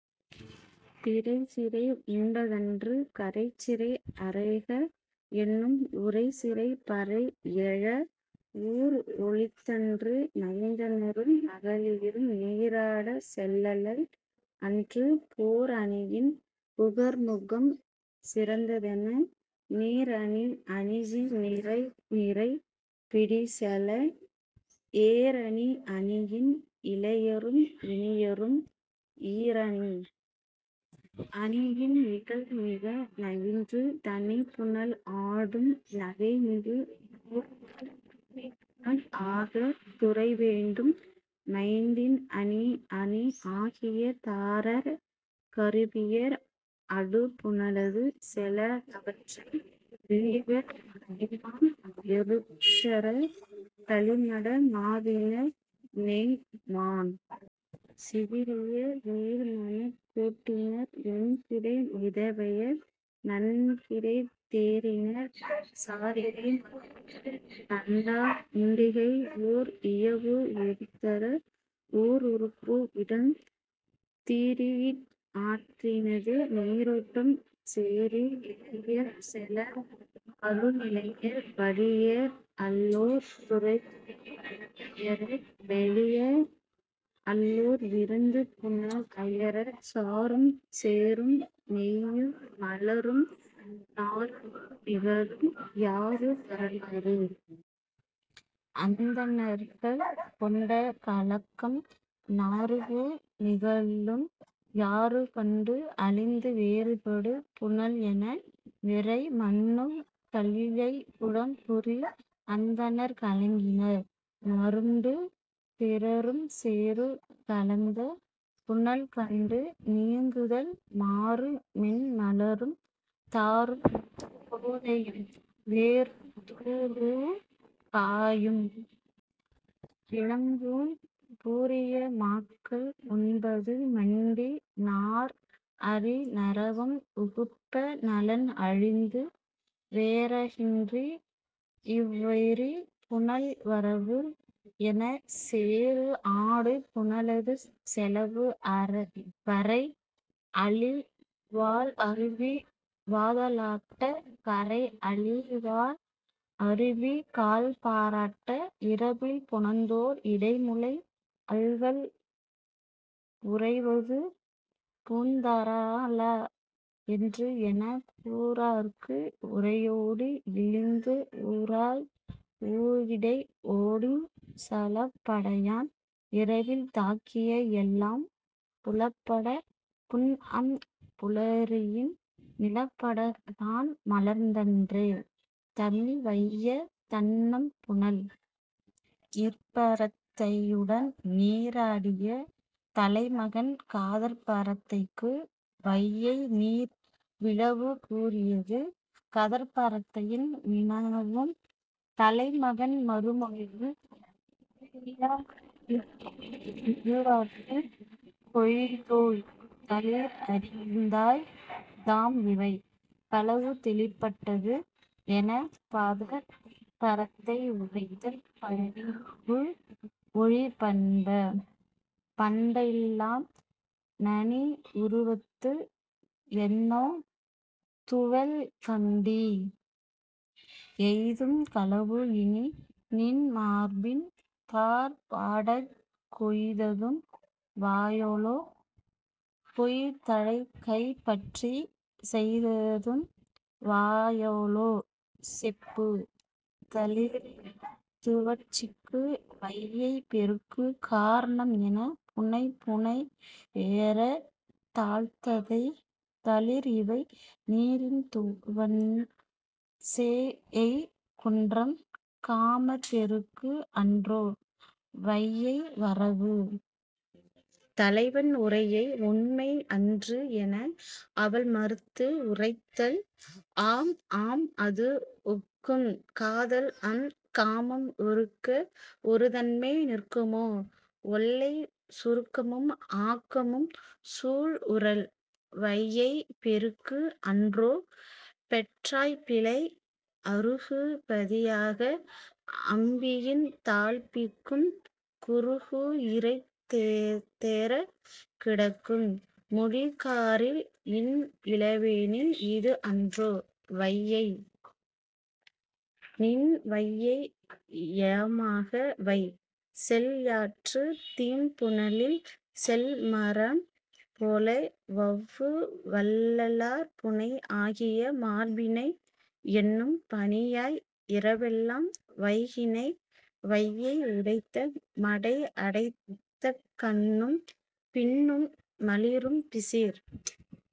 திரைச் சிறை உண்டத்தன்று கரைச்சிறை; அறைக எனும் உரைச் சிறைப் பறை எழ, ஊர் ஒலித்தன்று மைந்தரும் மகளிரும் நீராடச் செல்லல் அன்று, போர் அணியின் புகர்முகம் சிறந்தென, நீர் அணி அணியின் நிரைநிரை பிடி செல: ஏர் அணி அணியின் இளையரும் இனியரும்-- ஈரணி அணியின், இகல் மிக நவின்று, தணி புனல் ஆடும் நகை மிகு போர்க்கண் துணி புனல் ஆக, துறை வேண்டும் மைந்தின் அணி அணி ஆகிய தாரர், கருவியர், அடு புனலது செல அவற்றை இழிவர்; கைம்மான் எருத்தர், கலி மட மாவினர், நெய்ம் மாண் சிவிறியர், நீர் மணக் கோட்டினர், வெண் கிடை மிதவையர், நன் கிடைத் தேரினர், சாரிகை மறுத்துத் தண்டா உண்டிகை ஓர் இயவு உறுத்தர ஊர்ஊர்பு இடம் திரீஇச் ஆற்றினது நீரோட்டம் சேரி இளையர் செல அரு நிலையர், வலியர் அல்லோர் துறைதுறை அயர, மெலியர் அல்லோர் விருந்து புனல் அயர, சாறும் சேறும் நெய்யும் மலரும் நாறுபு நிகழும், யாறு வரலாறு. அந்தணர்கள் கொண்ட கலக்கம் நாறுபு நிகழும் யாறு கண்டு, அழிந்து வேறுபடு புனல் என, விரை மண்ணுக் கலிழை, புலம் புரி அந்தணர் கலங்கினர், மருண்டு. பிறரும் சேறு கலந்த புனல் கண்டு நீங்குதல் மாறு மென் மலரும், தாரும் கோதையும், வேரும் தூரும், காயும் கிழங்கும், பூரிய மாக்கள் உண்பது மண்டி நார் அரி நறவம் உகுப்ப 'நலன் அழிந்து, வேறாகின்று இவ் விரி புனல் வரவு' என, சேறு ஆடு புனலது செலவு வரை அழி வால் அருவி வாதாலாட்ட, கரை அழி வால் அருவிக் கால் பாராட்ட, 'இரவில் புணர்ந்தோர் இடைமுலை அல்கல் புரைவது பூந் தாரான் குன்று' எனக் கூடார்க்கு உரையோடு இழிந்து உராய், ஊரிடை ஓடிச், சலப் படையான் இரவில் தாக்கியது எல்லாம் புலப்படப் புன்அம் புலரியின் நிலப்படத் தான் மலர்ந்தன்றே தமிழ் வையைத் தண்ணம் புனல். இற்பரத்தையுடன் நீராடிய தலைமகன் காதற்பரத்தைக்கு வையை நீர் விழவு கூறியது கதற்பரத்தையின் வினாவும் தலைமகன் மறுமொழியும் 'விளியா விருந்து விழுவார்க்குக் கொய்தோய், 'தளிர் அறிந்தாய், தாம் இவை. ' களவு வெளிப்பட்டது எனக் காதற்பரத்தை உரைத்தல் 'பணிபு ஒழி பண்ப! --பண்டெல்லாம் நனி உருவத்து; என்னோ துவள் கண்டீ? -- எய்தும் களவு இனி: நின் மார்பின் தார் வாடக் கொய்ததும் வாயாளோ? கொய் தழை கை பற்றிச் செய்ததும் வாயாளோ? செப்பு. ' தளிரின் துவட்சிக்கு வையைப் பெருக்குக் காரணம் என 'புனை புனை ஏறத் தாழ்த்ததை; தளிர் இவை நீரின் துவண்ட; சேஎய் குன்றம்; காமர் பெருக்கு அன்றோ, வையை வரவு? ' தலைவன் உரையை 'உண்மை அன்று' என, அவள் மறுத்து உரைத்தல் 'ஆம் ஆம்; அது ஒக்கும்; காதல்அம் காமம் ஒருக்க ஒருதன்மை நிற்குமோ? ஒல்லைச் சுருக்கமும் ஆக்கமும் --- சூள் உறல்! --- வையைப் பெருக்கு அன்றோ? பெற்றாய் பிழை. அருகு பதியாக அம்பியின் தாழ்ப்பிக்கும், குருகு இரை தேரக் கிடக்கும்___பொழி காரில், இன் இளவேனில், இது அன்றோ வையை? நின் வையை வயமாக வை. செல் யாற்றுத் தீம் புனலில் செல் மரம் போல, வவ்வு வல்லார் புணை ஆகிய மார்பினை; என்னும் பனியாய் இரவெல்லாம் வைகினை; வையை உடைந்த மடை அடைத்தக்கண்ணும் பின்னும் மலிரும் பிசிர்